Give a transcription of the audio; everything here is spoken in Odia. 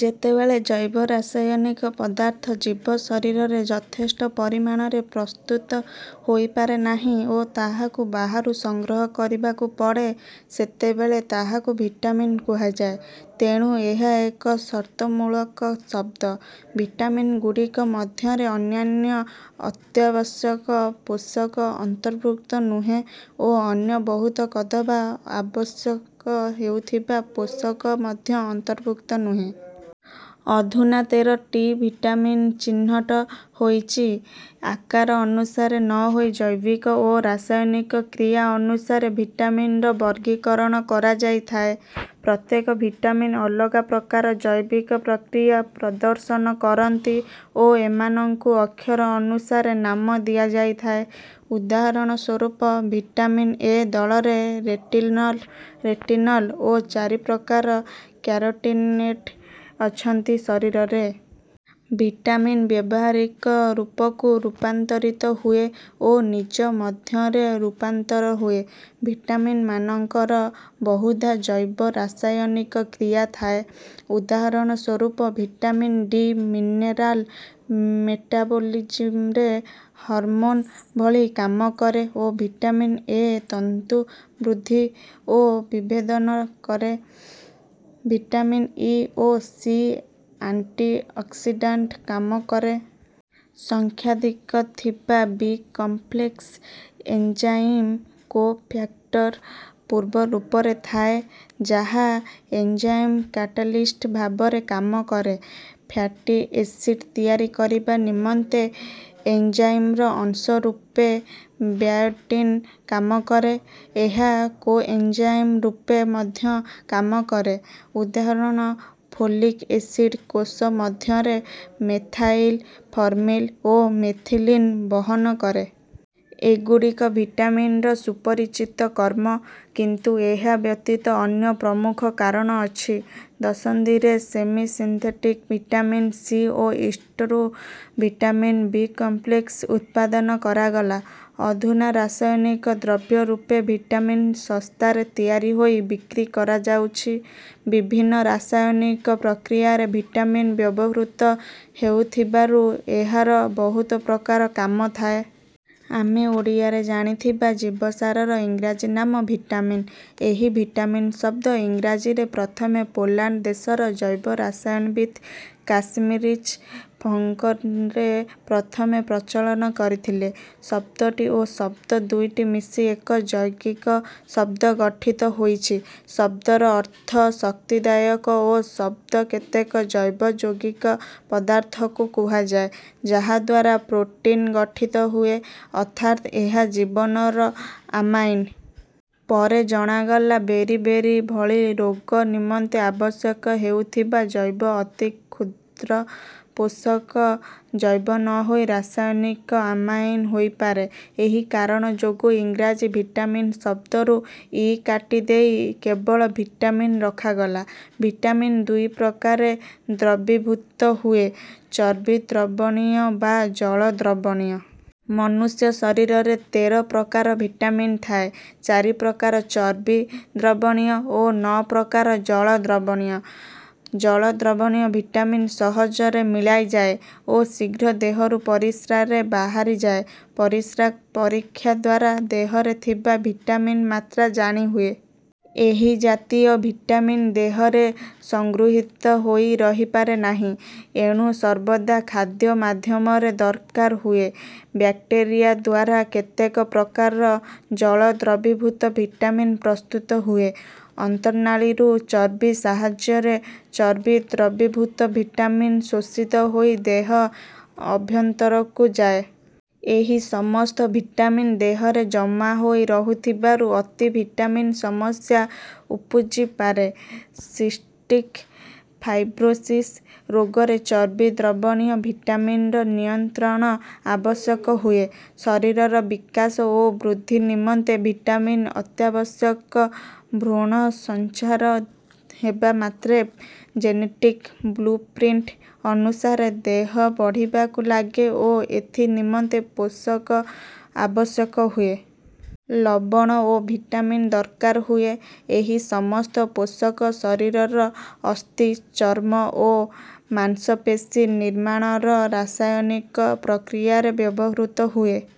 ଯେତେବେଳେ ଜୈବ ରାସାୟନିକ ପଦାର୍ଥ ଜୀବ ଶରୀରରେ ଯଥେଷ୍ଟ ପରିମାଣରେ ପ୍ରସ୍ତୁତ ହୋଇପାରେ ନାହିଁ ଓ ତାହାକୁ ବାହାରୁ ସଂଗ୍ରହ କରିବାକୁ ପଡ଼େ, ସେତେବେଳେ ତାହାକୁ ଭିଟାମିନ୍ କୁହାଯାଏ। ତେଣୁ ଏହା ଏକ ସର୍ତ୍ତମୂଳକ ଶବ୍ଦ। ଭିଟାମିନ୍‌ଗୁଡ଼ିକ ମଧ୍ୟରେ ଅନ୍ୟାନ୍ୟ ଅତ୍ୟାବଶ୍ୟକ ପୋଷକ ଅନ୍ତର୍ଭୁକ୍ତ ନୁହେଁ ଓ ଅନ୍ୟ ବହୁତ କଦବା ଆବଶ୍ୟକ ହେଉଥିବା ପୋଷକ ମଧ୍ୟ ଅନ୍ତର୍ଭୁକ୍ତ ନୁହେଁ। ଅଧୁନା ତେର ଟି ଭିଟାମିନ୍ ଚିହ୍ନଟ ହୋଇଛି। ଆକାର ଅନୁସାରେ ନ ହୋଇ ଜୈବିକ ଓ ରାସାୟନିକ କ୍ରିୟା ଅନୁସାରେ ଭିଟାମିନର ବର୍ଗୀକରଣ କରାଯାଇଥାଏ। ପ୍ରତ୍ୟେକ ଭିଟାମିନ୍ ଅଲଗା ପ୍ରକାର ଜୈବିକ ପ୍ରକ୍ରିୟା ପ୍ରଦର୍ଶନ କରନ୍ତି ଓ ଏମାନଙ୍କୁ ଅକ୍ଷର ଅନୁସାରେ ନାମ ଦିଆଯାଇଥାଏ। ଉଦାହରଣ ସ୍ୱରୂପ: ଭିଟାମିନ୍ 'ଏ' ଦଳରେ ରେଟିନଲ, ରେଟିନାଲ ଓ ଚାରି ପ୍ରକାର କ୍ୟାରୋଟିନଏଡ୍ ଅଛନ୍ତି। ଶରୀରରେ ଭିଟାମିନ୍ ବ୍ୟବହାରିକ ରୂପକୁ ରୂପାନ୍ତରିତ ହୁଏ ଓ ନିଜ ମଧ୍ୟରେ ରୂପାନ୍ତର ହୁଏ। ଭିଟାମିନ୍‌ମାନଙ୍କର ବହୁଧା ଜୈବ-ରାସାୟନିକ କ୍ରିୟା ଥାଏ। ଉଦାହରଣ ସ୍ୱରୂପ: ଭିଟାମିନ୍-ଡି ମିନେରାଲ୍ ମେଟାବୋଲିଜିମ୍‌ରେ ହରମୋନ୍ ଭଳି କାମ କରେ ଓ ଭିଟାମିନ୍-ଏ ତନ୍ତୁ ବୃଦ୍ଧି ଓ ବିଭେଦନ କରେ। ଭିଟାମିନ୍-ଇ ଓ ସି ଆଣ୍ଟି-ଅକ୍ସିଡାଣ୍ଟ କାମ କରେ। ସଂଖ୍ୟାଧିକ ଥିବା ବି-କମ୍ପ୍ଲେକ୍ସ ଏଞ୍ଜାଇମ୍ କୋ-ଫ୍ୟାକ୍ଟର ପୂର୍ବ ରୂପରେ ଥାଏ, ଯାହା ଏଞ୍ଜାଇମ୍ କାଟାଲିଷ୍ଟ ଭାବରେ କାମ କରେ। ଫ୍ୟାଟି ଏସିଡ୍ ତିଆରି କରିବା ନିମନ୍ତେ ଏଞ୍ଜାଇମ୍‌ର ଅଂଶ ରୂପେ ବାୟୋଟିନ୍ କାମ କରେ। ଏହା କୋ-ଏଞ୍ଜାଇମ୍ ରୂପେ ମଧ୍ୟ କାମ କରେ, ଉଦାହରଣ: ଫୋଲିକ୍ ଏସିଡ୍ କୋଷ ମଧ୍ୟରେ ମେଥାଇଲ୍, ଫର୍ମିଲ୍ ଓ ମେଥିଲିନ୍ ବହନ କରେ। ଏଗୁଡ଼ିକ ଭିଟାମିନର ସୁପରିଚିତ କର୍ମ, କିନ୍ତୁ ଏହା ବ୍ୟତୀତ ଅନ୍ୟ ପ୍ରମୁଖ କାରଣ ଅଛି। ଦଶନ୍ଧିରେ ସେମି-ସିନ୍ଥେଟିକ୍ ଭିଟାମିନ୍-ସି ଓ ଇଷ୍ଟ୍‌ରୁ ଭିଟାମିନ୍ ବି-କମ୍ପ୍ଲେକ୍ସ୍ ଉତ୍ପାଦନ କରାଗଲା। ଅଧୁନା ରାସାୟନିକ ଦ୍ରବ୍ୟ ରୂପେ ଭିଟାମିନ୍ ଶସ୍ତାରେ ତିଆରି ହୋଇ ବିକ୍ରି କରାଯାଉଛି। ବିଭିନ୍ନ ରାସାୟନିକ ପ୍ରକ୍ରିୟାରେ ଭିଟାମିନ୍ ବ୍ୟବହୃତ ହେଉଥିବାରୁ ଏହାର ବହୁତ ପ୍ରକାର କାମ ଥାଏ। ଆମେ ଓଡ଼ିଆରେ ଜାଣିଥିବା ଜୀବସାରର ଇଂରାଜୀ ନାମ ଭିଟାମିନ୍। ଏହି ଭିଟାମିନ୍ ଶବ୍ଦ ଇଂରାଜୀରେ ପ୍ରଥମେ ପୋଲାଣ୍ଡ ଦେଶର ଜୈବ-ରସାୟନବିତ୍ କାସିମିରଜ୍ ଫଙ୍କ ରେ ପ୍ରଥମେ ପ୍ରଚଳନ କରିଥିଲେ। ଶବ୍ଦଟି ଓ ଶବ୍ଦ ଦୁଇଟି ମିଶି ଏକ ଯୌଗିକ ଶବ୍ଦ ଗଠିତ ହୋଇଛି। ଶବ୍ଦର ଅର୍ଥ ଶକ୍ତିଦାୟକ ଓ ଶବ୍ଦ କେତେକ ଜୈବ ଯୌଗିକ ପଦାର୍ଥକୁ କୁହାଯାଏ, ଯାହାଦ୍ୱାରା ପ୍ରୋଟିନ୍ ଗଠିତ ହୁଏ, ଅର୍ଥାତ୍ ଏହା ଜୀବନର ଆମାଇନ୍। ପରେ ଜଣାଗଲା ବେରି-ବେରି ଭଳି ରୋଗ ନିମନ୍ତେ ଆବଶ୍ୟକ ହେଉଥିବା ଜୈବ ଅତି କ୍ଷୁଦ୍ର ପୋଷକ ଜୈବ ନ ହୋଇ ରାସାୟନିକ ଆମାଇନ୍ ହୋଇପାରେ। ଏହି କାରଣ ଯୋଗୁ ଇଂରାଜୀ ଭିଟାମିନ୍ ଶବ୍ଦରୁ ଇ କାଟି ଦେଇ କେବଳ ଭିଟାମିନ୍ ରଖାଗଲା। ଭିଟାମିନ୍ ଦୁଇ ପ୍ରକାରେ ଦ୍ରବୀଭୂତ ହୁଏ: ଚର୍ବି ଦ୍ରବଣୀୟ ବା ଜଳ ଦ୍ରବଣୀୟ। ମନୁଷ୍ୟ ଶରୀରରେ ତେର ପ୍ରକାର ଭିଟାମିନ୍ ଥାଏ ଚାରି ପ୍ରକାର ଚର୍ବି ଦ୍ରବଣୀୟ ଓ ନଅ ପ୍ରକାର ଜଳ ଦ୍ରବଣୀୟ। ଜଳ ଦ୍ରବଣୀୟ ଭିଟାମିନ୍ ସହଜରେ ମିଳାଇ ଯାଏ ଓ ଶୀଘ୍ର ଦେହରୁ ପରିସ୍ରାରେ ବାହାରି ଯାଏ। ପରିସ୍ରା ପରୀକ୍ଷା ଦ୍ୱାରା ଦେହରେ ଥିବା ଭିଟାମିନ୍ ମାତ୍ରା ଜାଣି ହୁଏ। ଏହି ଜାତୀୟ ଭିଟାମିନ୍ ଦେହରେ ସଂଗୃହୀତ ହୋଇ ରହିପାରେ ନାହିଁ, ଏଣୁ ସର୍ବଦା ଖାଦ୍ୟ ମାଧ୍ୟମରେ ଦରକାର ହୁଏ। ବ୍ୟାକ୍ଟେରିଆ ଦ୍ୱାରା କେତେକ ପ୍ରକାରର ଜଳ ଦ୍ରବୀଭୂତ ଭିଟାମିନ୍ ପ୍ରସ୍ତୁତ ହୁଏ। ଅନ୍ତନାଳୀରୁ ଚର୍ବି ସାହାଯ୍ୟରେ ଚର୍ବି ଦ୍ରବୀଭୂତ ଭିଟାମିନ୍ ଶୋଷିତ ହୋଇ ଦେହ ଅଭ୍ୟନ୍ତରକୁ ଯାଏ। ଏହି ସମସ୍ତ ଭିଟାମିନ୍ ଦେହରେ ଜମା ହୋଇ ରହୁଥିବାରୁ ଅତି ଭିଟାମିନ୍ ସମସ୍ୟା ଉପୁଜି ପାରେ। ସିଷ୍ଟିକ୍ ଫାଇବ୍ରୋସିସ୍ ରୋଗରେ ଚର୍ବି ଦ୍ରବଣୀୟ ଭିଟାମିନର ନିୟନ୍ତ୍ରଣ ଆବଶ୍ୟକ ହୁଏ। ଶରୀରର ବିକାଶ ଓ ବୃଦ୍ଧି ନିମନ୍ତେ ଭିଟାମିନ୍ ଅତ୍ୟାବଶ୍ୟକ। ଭ୍ରୂଣ ସଞ୍ଚାର ହେବା ମାତ୍ରେ ଜେନେଟିକ୍ ବ୍ଲୁ-ପ୍ରିଣ୍ଟ୍ ଅନୁସାରେ ଦେହ ବଢ଼ିବାକୁ ଲାଗେ ଓ ଏଥି ନିମନ୍ତେ ପୋଷକ ଆବଶ୍ୟକ ହୁଏ। ଲବଣ ଓ ଭିଟାମିନ୍ ଦରକାର ହୁଏ। ଏହି ସମସ୍ତ ପୋଷକ ଶରୀରର ଅସ୍ଥି, ଚର୍ମ ଓ ମାଂସପେଶୀ ନିର୍ମାଣର ରାସାୟନିକ ପ୍ରକ୍ରିୟାରେ ବ୍ୟବହୃତ ହୁଏ।